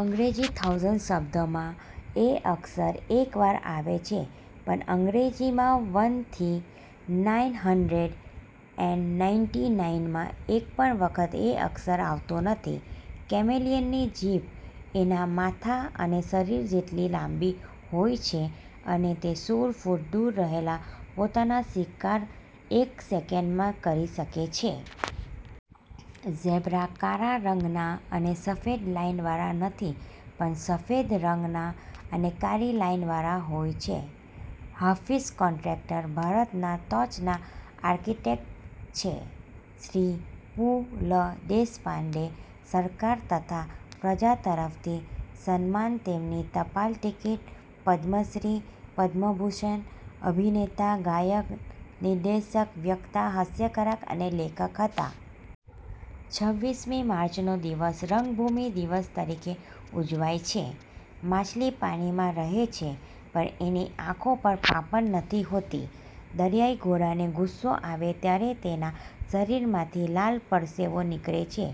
અંગ્રેજી થાઉસંડ શબ્દમાં એ અક્ષર એક વાર આવે છે, પણ અંગ્રેજીમાં વનથી નાઈન હડ્રેડ એંડ નાઈટી નાઈનમાં એકપણ વખત એ અક્ષર આવતો નથી. કેમેલિયનની જીભ એના માથા અને શરીર જેટલી લાંબી હોય છે અને તે સોળ ફૂટ દૂર રહેલો પોતાનો શિકાર એક સેકંડમાં કરી શકે છે. ઝેબ્રા કાળા રંગના અને સફેદ લાઈનવાળા નથી પણ સફેદ રંગના અને કાળી લાઈનવાળા હોય છે. હાફીઝ કૉટ્રાક્ટર ભારતનાં ટોચના આર્કિટેક્ટ છે. શ્રી પુ. લ. દેશપાંડે સરકાર તથા પ્રજા તરફથી સન્માન-તેમની ટપાલ ટિકિટ-પદ્મશ્રી- પદ્મભૂષણ- અભિનેતા – ગાયક – દિગ્દર્શક – વક્તા – હાસ્યકાર અને લેખક હતા. છવ્વીસ મી માર્ચનો દિવસે 'રંગભૂમિ' દિવસ તરીકે ઉજવાય છે. માછલી પાણીમાં રહે છે પણ એની આંખો પર પાંપણ નથી હોતી. દરિયાઈ ઘોડાને ગુસ્સો આવે ત્યારે તેનાં શરીરમાંથી લાલ પરસવો નીકળે છે.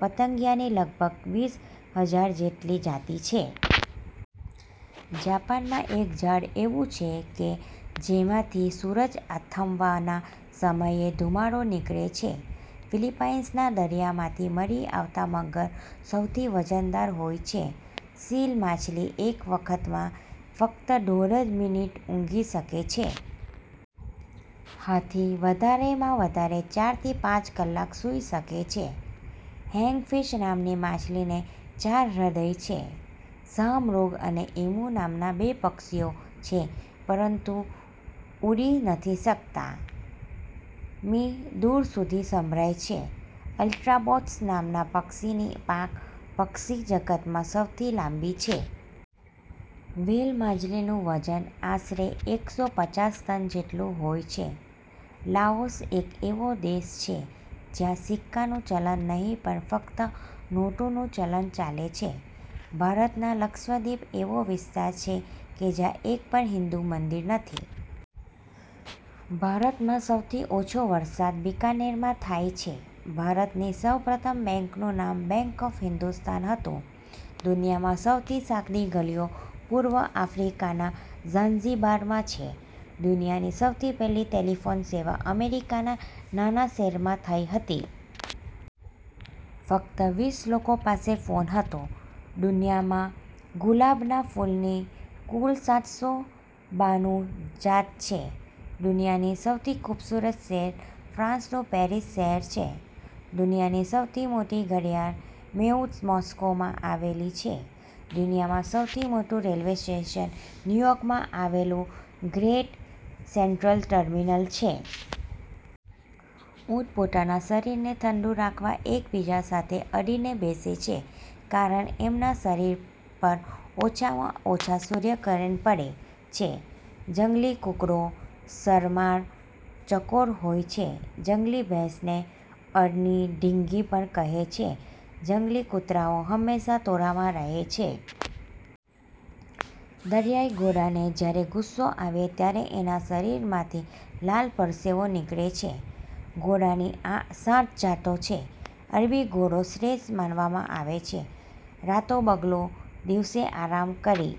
પતંગિયાની લગભગ વીસ હજાર જેટલી જાતિ છે. જાપાનમાં એક ઝાડ એવું છે કે જેમાંથી સૂરજ આથમવાના સમયે ધુમાડો નીકળે છે. ફિલિપાઈંસના દરિયામાંથી મળી આવતા મગર સૌથી વજનદાર હોય છે. સીલ માછલી એક વખતમાં ફક્ત દોઢ જ મિનિટ ઊંઘી શકે છે. હાથી વધારેમાં વધારે ચારથી પાંચ કલાક સૂઈ શકે છે. હેંગફિશ નામની માછલીને ચાર હૃદય છે. શાહમૃગ અને ઈમુ નામના બે પક્ષીઓ છે પરંતુ ઉડી નથી શકતા. મી. દૂર સુધી સંભળાય છે. અલ્બાટ્રોર્સ નામના પક્ષીની પાંખ પક્ષી જગતમાં સૌથી લાંબી છે. વ્હેલ માછલીનું વજન આશરે એકસો પચાસ ટન જેટલું હોય છે. લાઓસ એક એવો દેશ છે કે જ્યાં સિક્કાનું ચલણ નહિ પણ ફક્ત નોટોનું ચલણ ચાલે છે. ભારતના લક્ષદ્વિપ એવો વિસ્તાર છે કે જ્યાં એક પણ હિન્દુ મંદિર નથી. ભારતમાં સહુથી ઓછો વરસાદ બિકાનેરમાં થાય છે. ભારતની સૌ પ્રથમ બેંકનું નામ 'બેંક ઓફ હિન્દુસ્તાન' હતું! દુનિયામાં સહુથી સાંકડી ગલીઓ પૂર્વ આફ્રિકાના ઝાંઝીબારમાં છે! દુનિયાની સૌથી પહેલી ટેલિફોન સેવા અમેરિકાના નાના શહેરમાં થઈ હતી. ફક્ત વીસ લોકો પાસે ફોન હતો. દુનિયામાં ગુલાબના ફૂલની કુલ સાતસો બાણું જાત છે. દુનિયાનું સૌથી ખૂબસૂરત શહેર ફ્રાંસનું પેરિસ શહેર છે. દુનિયાની સૌથી મોટી ઘડિયાળ મેઉથ મૉસ્કોમાં આવેલી છે. દુનિયાનું સહુથી મોટું રેલ્વે સ્ટેશન ન્યુયોર્કમાં આવેલું 'ગ્રેટ સેંટ્રલ ટર્મિનલ' છે. ઊંટ પોતાના શરીરને ઠંડુ રાખવા એકબીજા સાથે અડીને બેસે છે કારણ એમનાં શરીર પર ઓછામાં ઓછા સૂર્યકિરણ પડે છે. જંગલી કૂકડો શરમાળ, ચકોર હોય છે. જંગલી ભેંસને અરણી, ઢીંગી પણ કહે છે. જંગલી કૂતરાઓ હંમેશા ટોળામાં રહે છે. દરિયાઈ ઘોડાને જ્યારે ગુસ્સો આવે ત્યારે એનાં શરીરમાંથી લાલ પરસેવો નીકળે છે. ઘોડાની સાઠ જાતો છે. અરબી ઘોડો શ્રેષ્ઠ માનવામાં આવે છે. રાતો બગલો દિવસે આરામ કરી